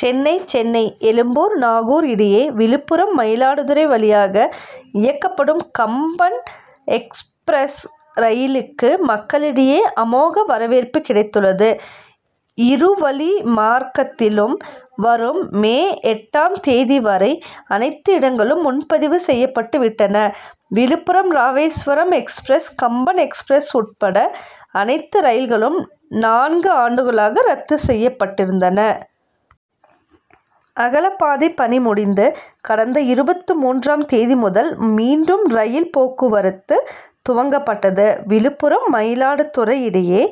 சென்னை சென்னை எழும்பூர் நாகூர் இடையே விழுப்புரம் மயிலாடுதுறை வழியாக இயக்கப்படும் கம்பன் எக்ஸ்பிரஸ் ரயிலுக்கு மக்களிடையே அமோக வரவேற்பு கிடைத்துள்ளது. இரு வழி மார்க்கத்திலும் வரும் மே எட்டாம் தேதி வரை அனைத்து இடங்களும் முன்பதிவு செய்யப்பட்டு விட்டன. விழுப்புரம் மயிலாடுதுறை இடையேயான மீட்டர் கேஜ் பாதை அகல ரயில் பாதையாக மாற்றியமைக்கப்பட்டதால் அந்த வழியாக இயக்கப்பட்ட ராமேஸ்வரம் எக்ஸ்பிரஸ் கம்பன் எக்ஸ்பிரஸ் உட்பட அனைத்து ரயில்களும் நான்கு ஆண்டுகளாக ரத்து செய்யப்பட்டிருந்தன. அகலப்பாதை பணி முடிந்து கடந்த இருபத்துமூன்றாம் தேதி முதல் மீண்டும் ரயில் போக்குவரத்து துவங்கப் பட்டது. விழுப்புரம் மயிலாடுதுறை இடையே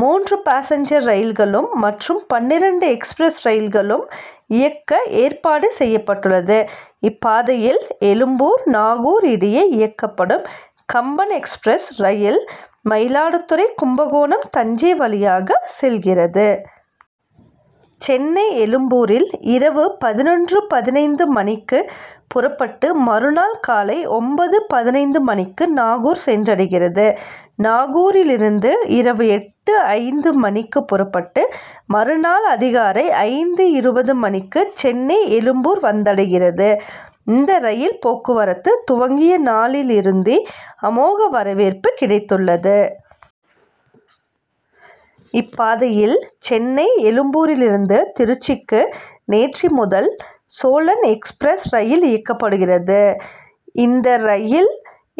மூன்று பாசஞ்சர் ரயில்களும் மற்றும் பன்னிரண்டு எக்ஸ்பிரஸ் ரயில்களும் இயக்க ஏற்பாடு செய்யப்பட்டுள்ளது. இப்பாதையில் எழும்பூர் நாகூர் இடையே இயக்கப்படும் கம்பன் எக்ஸ்பிரஸ் ரயில் மயிலாடுதுறை கும்பகோணம் தஞ்சை வழியாகச் செல்கிறது. சென்னை எழும்பூரில் இரவு பதினொன்று பதினைந்து மணிக்கு புறப்பட்டு மறுநாள் காலை ஒன்பது பதினைந்து மணிக்கு நாகூர் சென்றடைகிறது. நாகூரிலிருந்து இரவு எட்டு ஐந்து மணிக்கு புறப்பட்டு மறுநாள் அதிகாலை ஐந்து இருபது மணிக்கு சென்னை எழும்பூர் வந்தடைகிறது. இந்த ரயில் போக்குவரத்து துவங்கிய நாளிலிருந்தே அமோக வரவேற்பு கிடைத்துள்ளது. இப்பாதையில் சென்னை எழும்பூரிலிருந்து திருச்சிக்கு நேற்று முதல் சோழன் எக்ஸ்பிரஸ் ரயில் இயக்கப்படுகிறது. இந்த ரயில்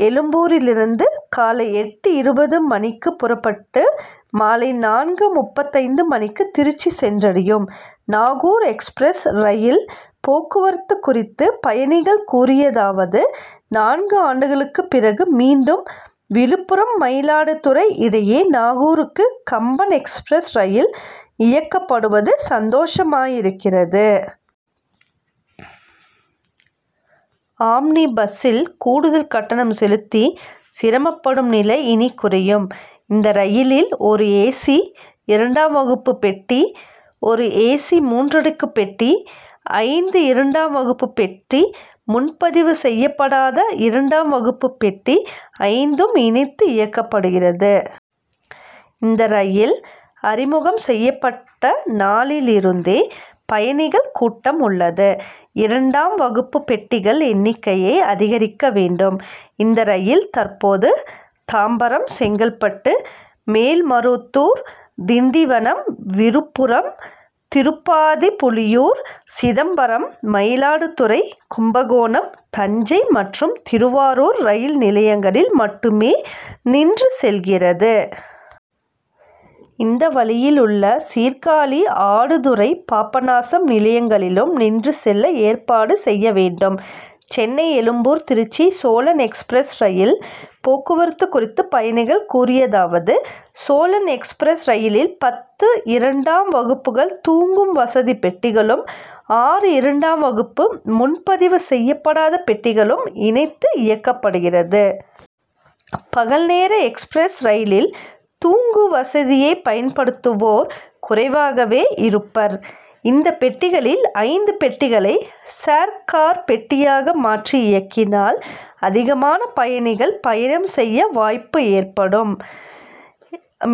எழும்பூரிலிருந்து காலை எட்டு இருபது மணிக்கு புறப்பட்டு மாலை நான்கு முப்பத்தைந்து மணிக்கு திருச்சி சென்றடையும். நாகூர் எக்ஸ்பிரஸ் ரயில் போக்குவரத்து குறித்து பயணிகள் கூறியதாவது நான்கு ஆண்டுகளுக்கு பிறகு மீண்டும் விழுப்புரம்-மயிலாடுதுறை இடையே நாகூருக்கு கம்பன் எக்ஸ்பிரஸ் ரயில் இயக்கப்படுவது சந்தோஷமாயிருக்கிறது. ஆம்னி பஸ்சில் கூடுதல் கட்டணம் செலுத்தி சிரமப்படும் நிலை இனி குறையும். இந்த ரயிலில் ஒரு ஏசி இரண்டாம் வகுப்பு பெட்டி ஒரு ஏசி மூன்றடுக்கு பெட்டி ஐந்து இரண்டாம் வகுப்பு பெட்டி முன்பதிவு செய்யப் படாத இரண்டாம் வகுப்பு பெட்டி ஐந்தும் இணைத்து இயக்கப்படுகிறது. இந்த ரயில் அறிமுகம் செய்யப்பட்ட நாளிலிருந்தே பயணிகள் கூட்டம் உள்ளது. இரண்டாம் வகுப்பு பெட்டிகள் எண்ணிக்கையை அதிகரிக்க வேண்டும். இந்த ரயில் தற்போது தாம்பரம் செங்கல்பட்டு மேல்மருவத்தூர் திண்டிவனம் விழுப்புரம் திருப்பாதிரிபுலியூர் சிதம்பரம் மயிலாடுதுறை கும்பகோணம் தஞ்சை மற்றும் திருவாரூர் ரயில் நிலையங்களில் மட்டுமே நின்று செல்கிறது. இந்த வழியில் உள்ள சீர்காழி ஆடுதுறை பாபநாசம் நிலையங்களிலும் நின்று செல்ல ஏற்பாடு செய்ய வேண்டும். சென்னை எழும்பூர் திருச்சி சோழன் எக்ஸ்பிரஸ் ரயில் போக்குவரத்து குறித்து பயணிகள் கூறியதாவது சோழன் எக்ஸ்பிரஸ் ரயிலில் பத்து இரண்டாம் வகுப்பு தூங்கும் வசதி பெட்டிகளும் ஆறு இரண்டாம் வகுப்பு முன்பதிவு செய்யப்படாத பெட்டிகளும் இணைத்து இயக்கப்படுகிறது. பகல் நேர எக்ஸ்பிரஸ் ரயிலில் தூங்கு வசதியை பயன்படுத்துவோர் குறைவாகவே இருப்பர். இந்த பெட்டிகளில் ஐந்து பெட்டிகளை சேர் கார் பெட்டியாக மாற்றி இயக்கினால் அதிகமான பயணிகள் பயணம் செய்ய வாய்ப்பு ஏற்படும்.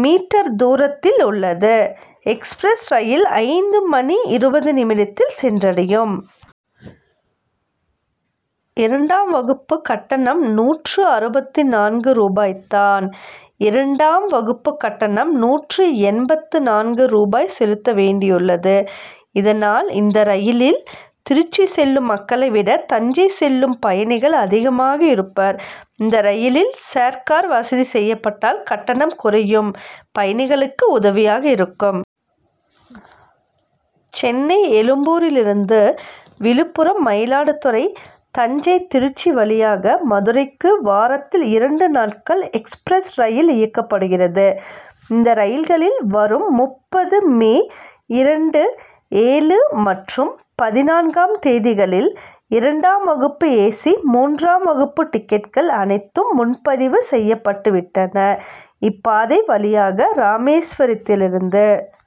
மீ. தூரத்தில் உள்ளது. எக்ஸ்பிரஸ் ரயில் ஐந்து மணி இருபது நிமிடத்தில் சென்றடையும். இரண்டாம் வகுப்பு கட்டணம் நூற்று அறுபத்து நான்கு ரூபாய் தான். இரண்டாம் வகுப்பு கட்டணம் நூற்று எண்பத்து நான்கு ரூபாய் செலுத்த வேண்டியுள்ளது. இதனால் இந்த ரயிலில் திருச்சி செல்லும் மக்களை விட தஞ்சை செல்லும் பயணிகள் அதிகமாக இருப்பர். இந்த ரயிலில் சேர் கார் வசதி செய்யப்பட்டால் கட்டணம் குறையும் பயணிகளுக்கு உதவியாக இருக்கும். சென்னை எழும்பூரிலிருந்து விழுப்புரம் மயிலாடுதுறை தஞ்சை திருச்சி வழியாக மதுரைக்கு வாரத்தில் இரண்டு நாட்கள் எக்ஸ்பிரஸ் ரயில் இயக்கப்படுகிறது. இந்த ரயில்களில் வரும் முப்பது மே இரண்டு ஏழு மற்றும் பதினான்காம் தேதிகளில் இரண்டாம் வகுப்பு ஏசி மூன்றாம் வகுப்பு டிக்கெட்டுகள் அனைத்தும் முன்பதிவு செய்யப்பட்டு விட்டன. இப்பாதை வழியாக ராமேஸ்வரத்திலிருந்து